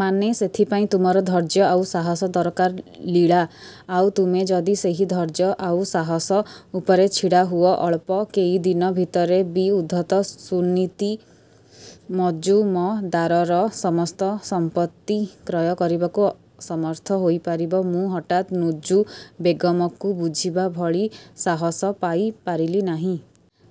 ମାନେ? ସେଥିପାଇଁ ତୁମର ଧୈର୍ଯ୍ୟ ଆଉ ସାହସ ଦରକାର ଲୀଳା। ଆଉ ତୁମେ ଯଦି ସେହି ଧୈର୍ଯ୍ୟ ଆଉ ସାହସ ଉପରେ ଛିଡ଼ା ହୁଅ, ଅଳ୍ପ କେଇଦିନ ଭିତରେ ବି ଉଦ୍ଧତ ସୁନୀତି ମଜୁମଦାରର ସମସ୍ତ ସମ୍ପତ୍ତି କ୍ରୟ କରିବାକୁ ସମର୍ଥ ହୋଇପାରିବ। ମୁଁ ହଠାତ୍ ନୁଜୁ ବେଗମକୁ ବୁଝିବା ଭଳି ସାହସ ପାଇ ପାରିଲି ନାହିଁ।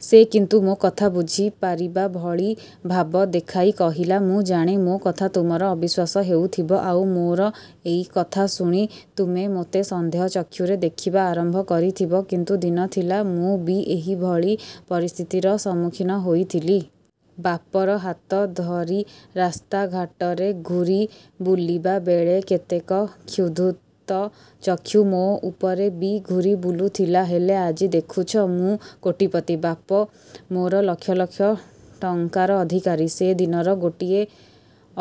ସେ କିନ୍ତୁ ମୋ କଥା ବୁଝିପାରିବା ଭଳି ଭାବ ଦେଖାଇ କହିଲା—ମୁଁ ଜାଣେ, ମୋ କଥା ତୁମର ଅବିଶ୍ୱାସ ହେଉଥିବ। ଆଉ ମୋର ଏଇ କଥା ଶୁଣି ତୁମେ ମୋତେ ସନ୍ଦେହ ଚକ୍ଷୁରେ ଦେଖିବା ଆରମ୍ଭ କରିଥିବ; କିନ୍ତୁ ଦିନ ଥିଲା, ମୁଁ ବି ଏହିଭଳି ପରିସ୍ଥିତିର ସମ୍ମୁଖୀନ ହୋଇଥିଲି। ବାପର ହାତ ଧରି ରାସ୍ତା ଘାଟରେ ଘୂରି ବୁଲିବା ବେଳେ କେତେକ କ୍ଷୁଧୁତ ଚକ୍ଷୁ ମୋ ଉପରେ ବି ଘୂରି ବୁଲୁଥିଲା। ହେଲେ, ଆଜି ଦେଖୁଛ? ମୁଁ କୋଟିପତି, ବାପ ମୋର ଲକ୍ଷ ଲକ୍ଷ ଟଙ୍କାର ଅଧିକାରୀ। ସେଦିନର ଗୋଟିଏ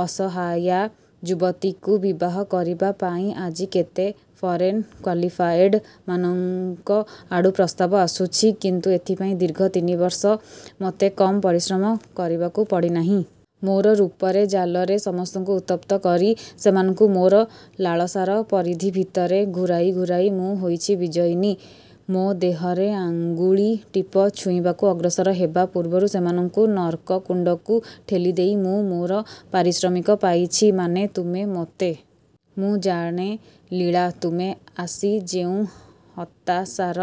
ଅସହାୟା ଯୁବତୀକୁ ବିବାହ କରିବା ପାଇଁ ଆଜି କେତେ ଫରେନ୍ କ୍ୱାଲିଫାଏଡମାନଙ୍କଆଡ଼ୁ ପ୍ରସ୍ତାବ ଆସୁଛି; କିନ୍ତୁ ଏଥିପାଇଁ ଦୀର୍ଘ ତିନି ବର୍ଷ ମୋତେ କମ୍ ପରିଶ୍ରମ କରିବାକୁ ପଡ଼ି ନାହିଁ। ମୋର ରୂପରେ ଜାଲରେ ସମସ୍ତଙ୍କୁ ଉତ୍ତପ୍ତ କରି, ସେମାନଙ୍କୁ ମୋର ଲାଳସାର ପରିଧି ଭିତରେ ଘୂରାଇ ଘୂରାଇ ମୁଁ ହୋଇଛି ବିଜୟିନୀ। ମୋ ଦେହରେ ଆଙ୍ଗୁଳି ଟିପ ଛୁଇଁବାକୁ ଅଗ୍ରସର ହେବା ପୂର୍ବରୁ ସେମାନଙ୍କୁ ନର୍କ କୁଣ୍ଡକୁ ଠେଲିଦେଇ ମୁଁ ମୋର ପାରିଶ୍ରମିକ ପାଇଛି। ମାନେ, ତୁମେ ମୋତେ। ମୁଁ ଜାଣେ ଲୀଳା, ତୁମେ ଆସି ଯେଉଁ ହତାଶାର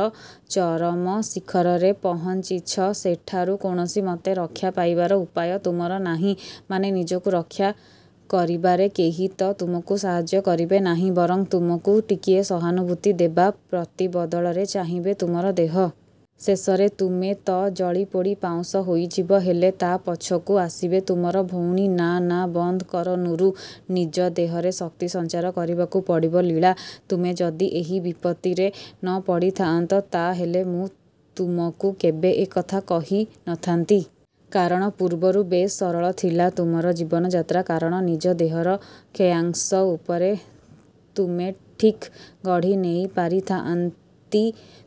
ଚରମ ଶିଖରରେ ପହଞ୍ଚିଛ, ସେଠାରୁ କୌଣସିମତେ ରକ୍ଷା ପାଇବାର ଉପାୟ ତୁମର ନାହିଁ। ମାନେ, ନିଜକୁ ରକ୍ଷା କରିବାରେ କେହି ତ ତୁମକୁ ସାହାଯ୍ୟ କରିବେ ନାହିଁ; ବରଂ ତୁମକୁ ଟିକିଏ ସହାନୁଭୂତି ଦେବା ପ୍ରତିବଦଳରେ ଚାହିଁବେ ତୁମର ଦେହ। ଶେଷରେ ତୁମେ ତ ଜଳିପୋଡ଼ି ପାଉଁଶ ହୋଇଯିବ; ହେଲେ, ତା ପଛକୁ ଆସିବେ ତୁମର ଭଉଣୀ ନା, ନା ବନ୍ଦ କର ନୁରୁ। ନିଜ ଦେହରେ ଶକ୍ତି ସଞ୍ଚାର କରିବାକୁ ପଡ଼ିବ, ଲୀଳା। ତୁମେ ଯଦି ଏହି ବିପତ୍ତିରେ ନ ପଡ଼ିଥାଆନ୍ତ, ତା ହେଲେ ମୁଁ ତୁମକୁ କେବେ ଏ କଥା କହି ନ ଥାନ୍ତି। କାରଣ, ପୂର୍ବରୁ ବେଶ୍ ସରଳ ଥିଲା ତୁମର ଜୀବନଯାତ୍ରା। କାରଣ ନିଜ ଦେହର କ୍ଷୟାଂଶ ଉପରେ ତୁମେ ଠିକ୍ ଗଢ଼ିନେଇ ପାରିଥାଆନ୍ତି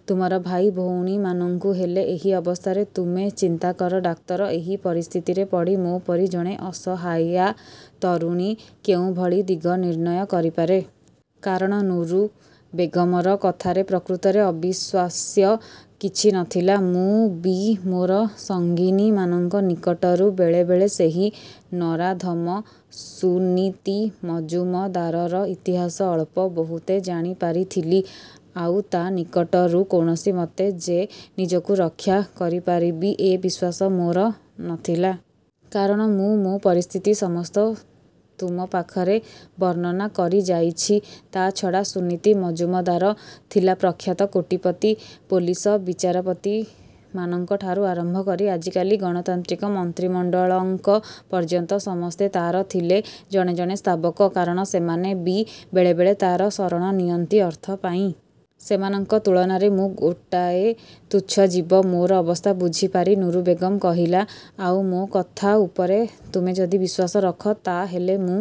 ତୁମର ଭାଇ ଭଉଣୀମାନଙ୍କୁ। ହେଲେ ଏହି ଅବସ୍ଥାରେ ତୁମେ ଚିନ୍ତାକର ଡାକ୍ତର, ଏହି ପରିସ୍ଥିତିରେ ପଡ଼ି ମୋ ପରି ଜଣେ ଅସହାୟା ତରୁଣୀ କେଉଁଭଳି ଦିଗନିର୍ଣ୍ଣୟ କରିପାରେ? କାରଣ ନୁରୁ ବେଗମର କଥାରେ ପ୍ରକୃତରେ ଅବିଶ୍ୱାସ୍ୟ କିଛି ନ ଥିଲା। ମୁଁ ବି ମୋର ସଙ୍ଗିନୀମାନଙ୍କ ନିକଟରୁ ବେଳେ ବେଳେ ସେହି ନରାଧମ ସୁନୀତି ମଜୁମଦାରର ଇତିହାସ ଅଳ୍ପ ବହୁତେ ଜାଣି ପାରିଥିଲି। ଆଉ ତା ନିକଟରୁ କୌଣସିମତେ ଯେ ନିଜକୁ ରକ୍ଷା କରିପାରିବି, ଏ ବିଶ୍ୱାସ ମୋର ନ ଥିଲା। କାରଣ, ମୁଁ ମୋ ପରିସ୍ଥିତି ସମସ୍ତ ତୁମ ପାଖରେ ବର୍ଣ୍ଣନା କରିଯାଇଛି। ତା ଛଡ଼ା ସୁନୀତି ମଜୁମଦାର ଥିଲା ପ୍ରଖ୍ୟାତ କୋଟିପତି। ପୋଲିସ, ବିଚାରପତିମାନଙ୍କଠାରୁ ଆରମ୍ଭ କରି, ଆଜିକାଲି ଗଣତାନ୍ତ୍ରିକ ମନ୍ତ୍ରିମଣ୍ଡଳଙ୍କ ପର୍ଯ୍ୟନ୍ତ। ସମସ୍ତେ ତାର ଥିଲେ ଜଣେ ଜଣେ ସ୍ତାବକ। କାରଣ ସେମାନେ ବି ବେଳେ ବେଳେ ତାର ଶରଣ ନିଅନ୍ତି ଅର୍ଥ ପାଇଁ। ସେମାନଙ୍କ ତୁଳନାରେ ମୁଁ ଗୋଟାଏ ତୁଚ୍ଛ ଜୀବ। ମୋର ଅବସ୍ଥା ବୁଝିପାରି ନୁରୁ ବେଗମ କହିଲା—ଆଉ ମୋ କଥା ଉପରେ ତୁମେ ଯଦି ବିଶ୍ୱାସ ରଖ, ତା ହେଲେ ମୁଁ